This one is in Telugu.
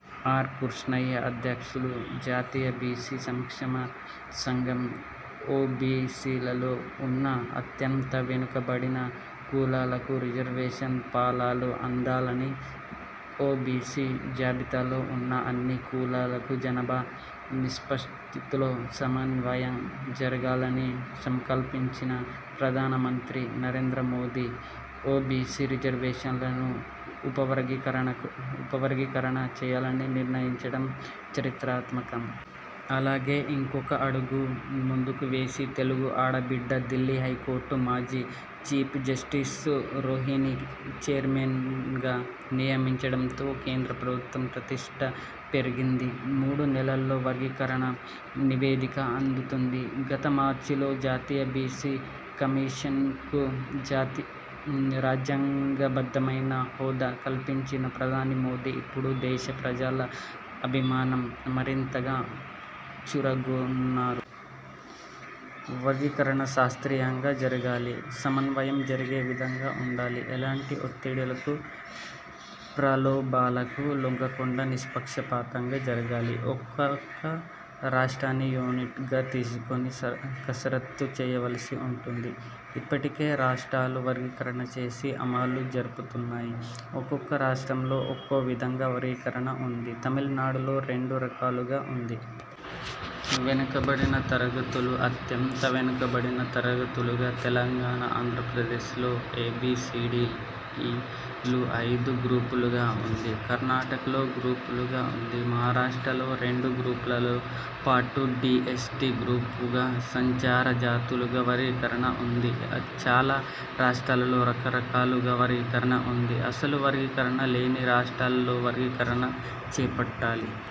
ఆర్. కృష్ణయ్యఅధ్యక్షులు, జాతీయ బీసీ సంక్షేమ సంఘం ఓబీసీలలో ఉన్న అత్యంత వెనుకబడిన కులాలకు రిజర్వేషన్ ఫలాలు అందాలని, ఓబీసీ -జాబితాలో ఉన్న అన్ని కులాలకు జనాభా నిష్పత్తిలో సమన్యాయం జరగాలని సంకల్పించిన ప్రధానమంత్రి నరేంద్ర మోదీ ఓబీసీ- రిజర్వేషన్లను ఉపవర్గీకరణ చేయాలనీ నిర్ణయించడం చరిత్రాత్మకం. అలాగే ఇంకొక అడుగు ముందుకు వేసి తెలుగు ఆడబిడ్డ, ఢిల్లీ హైకోర్టు। మాజీ చీఫ్ జస్టిస్ రోహిణిని చైర్మన్గా నియమించడంతో కేంద్ర ప్రభుత్వ ప్రతిష్ఠ పెరిగింది. మూడు నెలల్లో వర్గీకరణ నివేదిక అందుతుంది. గత మార్చిలో జాతీయ బీసీ కమిషన్కు రాజ్యాంగబద్ధమైన హోదా కల్పించిన ప్రధాని మోదీ ఇప్పుడు దేశ ప్రజల అభిమానం మరింతగా చూరగొన్నారు. వర్గీకరణ శాస్త్రీయంగా జరగాలి. -సమన్యాయం జరిగే విధంగా ఉండాలి. ఎలాంటి వత్తిడిలకు, ప్రలోభాలకు లొంగకుండా నిష్పక్షపాతంగా జరగాలి. ఒక్కొక రాష్ట్రాన్ని యూనిట్గా తీసుకొని కసరత్తు చేయవలిసి ఉంటుంది. ఇప్పటికే రాష్ట్రాలు వర్గీకరణ చేసి అమలు జరుపుతున్నాయి. ఒక్కొక రాష్ట్రంలో ఒక్కో విధంగా వర్గీకరణ ఉంది. తమిళనాడులో రెండు రకాలుగా ఉంది. వెనుకబడిన తరగతులు,- అత్యంత వెనుకబడిన తరగతులుగా, తెలంగాణ, ఆంధ్రప్రదేశ్లో ఏబీసీడీఈ లు ఐదు గ్రూపులుగా ఉంది. కర్ణాటకలో గ్రూపులుగా ఉంది. మహారాష్ట్రలో రెండు గ్రూపులతో పాటు డీఎన్టీ గ్రూపుగా, సంచార జాతులుగా వర్గీకరణ ఉంది. చాలా రాష్ట్రాలలో రకరకాలుగా వర్గీకరణ ఉంది. అసలు వర్గీకరణ లేని రాష్ట్రాలలో వర్గీకరణ చేపట్టాలి.